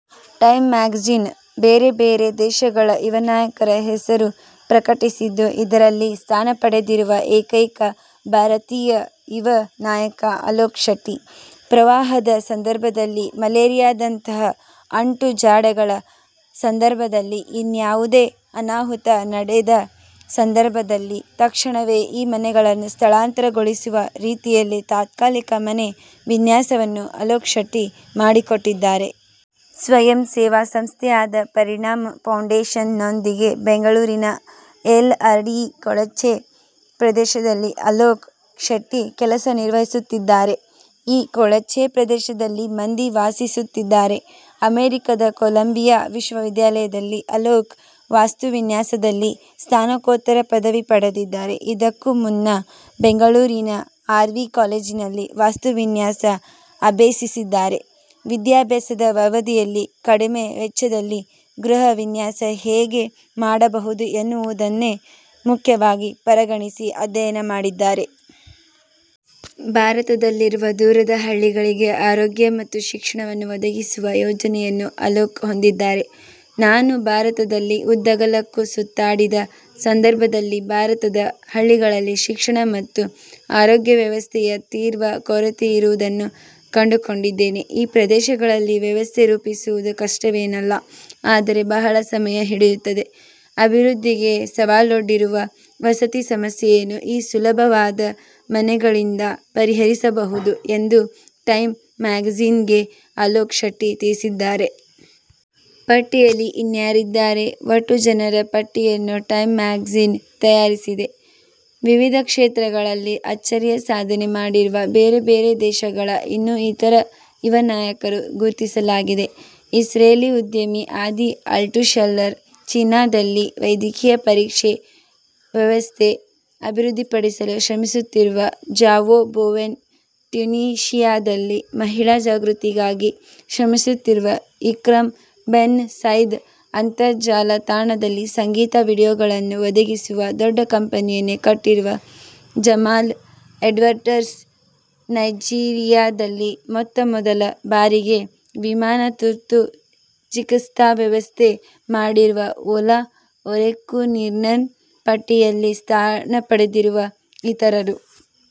''''Time'' magazine ಬೇರೆಬೇರೆ ದೇಶಗಳ ಯುವನಾಯಕರ ಹೆಸರು ಪ್ರಕಟಿಸಿದ್ದು, ಇದರಲ್ಲಿ ಸ್ಥಾನಪಡೆದಿರುವ ಏಕೈಕ ಭಾರತೀಯ ಯುವ ನಾಯಕ ಅಲೋಕ್ ಶೆಟ್ಟಿ. ಪ್ರವಾಹದ ಸಂದರ್ಭದಲ್ಲಿ, ಮಲೇರಿಯಾದಂತಹ ಅಂಟುಜಾಡ್ಯಗಳ ಸಂದರ್ಭದಲ್ಲಿ, ಇನ್ಯಾವುದೇ ಅನಾಹುತ ನಡೆದ ಸಂದರ್ಭದಲ್ಲಿ ತಕ್ಷಣವೇ ಈ ಮನೆಗಳನ್ನು ಸ್ಥಳಾಂತರಗೊಳಿಸುವ ರೀತಿಯಲ್ಲಿ ತಾತ್ಕಾಲಿಕ ಮನೆ ವಿನ್ಯಾಸವನ್ನು ಅಲೋಕ್ ಶೆಟ್ಟಿ ಮಾಡಿಕೊಟ್ಟಿದ್ದಾರೆ. ಸ್ವಯಂಸೇವಾ ಸಂಸ್ಥೆಯಾದ ''''ಪರಿಣಾಮ್ ಫೌಂಡೇಶನ್''ನೊಂದಿಗೆ ಬೆಂಗಳೂರಿನ ಎಲ್ಆರ್ಡಿಇ ಕೊಳಚೆ ಪ್ರದೇಶದಲ್ಲಿ ಅಲೋಕ್ ಶೆಟ್ಟಿ ಕೆಲಸ ನಿರ್ವಹಿಸುತ್ತಿದ್ದಾರೆ. ಈ ಕೊಳಚೆ ಪ್ರದೇಶದಲ್ಲಿ ಮಂದಿ ವಾಸಿಸುತ್ತಿದ್ದಾರೆ. ಅಮೆರಿಕದ ಕೊಲಂಬಿಯಾ ವಿಶ್ವವಿದ್ಯಾಲಯದಲ್ಲಿ ಅಲೋಕ್ ವಾಸ್ತುವಿನ್ಯಾಸದಲ್ಲಿ ಸ್ನಾತಕೋತ್ತರ ಪದವಿ ಪಡೆದಿದ್ದಾರೆ. ಇದಕ್ಕೂ ಮುನ್ನ ಬೆಂಗಳೂರಿನ ಆರ್ವಿ ಕಾಲೇಜಿನಲ್ಲಿ ವಾಸ್ತುವಿನ್ಯಾಸ ಅಭ್ಯಸಿಸಿದ್ದಾರೆ. ವಿದ್ಯಾಭ್ಯಾಸದ ಅವಧಿಯಲ್ಲಿ ಕಡಿಮೆ ವೆಚ್ಚದಲ್ಲಿ ಗೃಹವಿನ್ಯಾಸ ಹೇಗೆ ಮಾಡಬಹುದು ಎನ್ನುವುದನ್ನೇ ಮುಖ್ಯವಾಗಿ ಪರಿಗಣಿಸಿ ಅಧ್ಯಯನ ಮಾಡಿದ್ದಾರೆ. ಭಾರತದಲ್ಲಿರುವ ದೂರದ ಹಳ್ಳಿಗಳಿಗೆ ಆರೋಗ್ಯ ಮತ್ತು ಶಿಕ್ಷಣವನ್ನು ಒದಗಿಸುವ ಯೋಜನೆಯನ್ನು ಅಲೋಕ್ ಹೊಂದಿದ್ದಾರೆ. ''''ನಾನು ಭಾರತದಲ್ಲಿ ಉದ್ದಗಲಕ್ಕೂ ಸುತ್ತಾಡಿದ ಸಂದರ್ಭದಲ್ಲಿ ಭಾರತದ ಹಳ್ಳಿಗಳಲ್ಲಿ ಶಿಕ್ಷಣ ಮತ್ತು ಆರೋಗ್ಯವ್ಯವಸ್ಥೆಯ ತೀವ್ರ ಕೊರತೆಯಿರುವುದನ್ನು ಕಂಡುಕೊಂಡಿದ್ದೇನೆ. ಈ ಪ್ರದೇಶಗಳಲ್ಲಿ ವ್ಯವಸ್ಥೆ ರೂಪಿಸುವುದು ಕಷ್ಟವೇನಲ್ಲ, ಆದರೆ ಬಹಳ ಸಮಯ ಹಿಡಿಯುತ್ತದೆ. ಅಭಿವೃದ್ಧಿಗೆ ಸವಾಲೊಡ್ಡಿರುವ ವಸತಿ ಸಮಸ್ಯೆಯನ್ನು ಈ ಸುಲಭವಾದ ಮನೆಗಳಿಂದ ಪರಿಹರಿಸಬಹುದು'' ಎಂದು ಟೈಮ್ ಮ್ಯಾಗಜಿನ್ಗೆ ಅಲೋಕ್ ಶೆಟ್ಟಿ ತಿಳಿಸಿದ್ದಾರೆ. ಪಟ್ಟಿಯಲ್ಲಿ ಇನ್ಯಾರಿದ್ದಾರೆ?: ಒಟ್ಟು ಜನರ ಪಟ್ಟಿಯನ್ನು ಟೈಮ್ ಮ್ಯಾಗಜಿನ್ ತಯಾರಿಸಿದೆ. ವಿವಿಧ ಕ್ಷೇತ್ರಗಳಲ್ಲಿ ಅಚ್ಚರಿಯ ಸಾಧನೆ ಮಾಡಿರುವ ಬೇರೆ ಬೇರೆ ದೇಶಗಳ ಇನ್ನೂ ಇತರ ಯುವನಾಯಕರು ಗುರ್ತಿಸಲಾಗಿದೆ. ಇಸ್ರೇಲಿ ಉದ್ಯಮಿ ಆದಿ ಆಲ್ಟ್ಶೂಲರ್, ಚೀನಾದಲ್ಲಿ ವೈದ್ಯಕೀಯ ಪರೀಕ್ಷೆ ವ್ಯವಸ್ಥೆ ಅಭಿವೃದ್ಧಿಪಡಿಸಲು ಶ್ರಮಿಸುತ್ತಿರುವ ಜಾವೋ ಬೊವೆನ್, ಟ್ಯುನೀಷಿಯಾದಲ್ಲಿ ಮಹಿಳಾ ಜಾಗೃತಿಗಾಗಿ ಶ್ರಮಿಸುತ್ತಿರುವ ಇಕ್ರಮ್ ಬೆನ್ ಸೈದ್, ಅಂತರ್ಜಾಲ ತಾಣದಲ್ಲಿ ಸಂಗೀತ ವೀಡಿಯೋಗಳನ್ನು ಒದಗಿಸುವ ದೊಡ್ಡ ಕಂಪನಿಯನ್ನೇ ಕಟ್ಟಿರುವ ಜಮಾಲ್ ಎಡ್ವರ್ಡ್ಸ್, ನೈಜೀರಿಯಾದಲ್ಲಿ ಮೊತ್ತಮೊದಲ ಬಾರಿಗೆ ವಿಮಾನ ತುರ್ತು ಚಿಕಿತ್ಸಾ ವ್ಯವಸ್ಥೆ ಮಾಡಿರುವ ಓಲಾ ಒರೆಕುನ್ರಿನ್ ಪಟ್ಟಿಯಲ್ಲಿ ಸ್ಥಾನಪಡೆದಿರುವ ಇತರರು.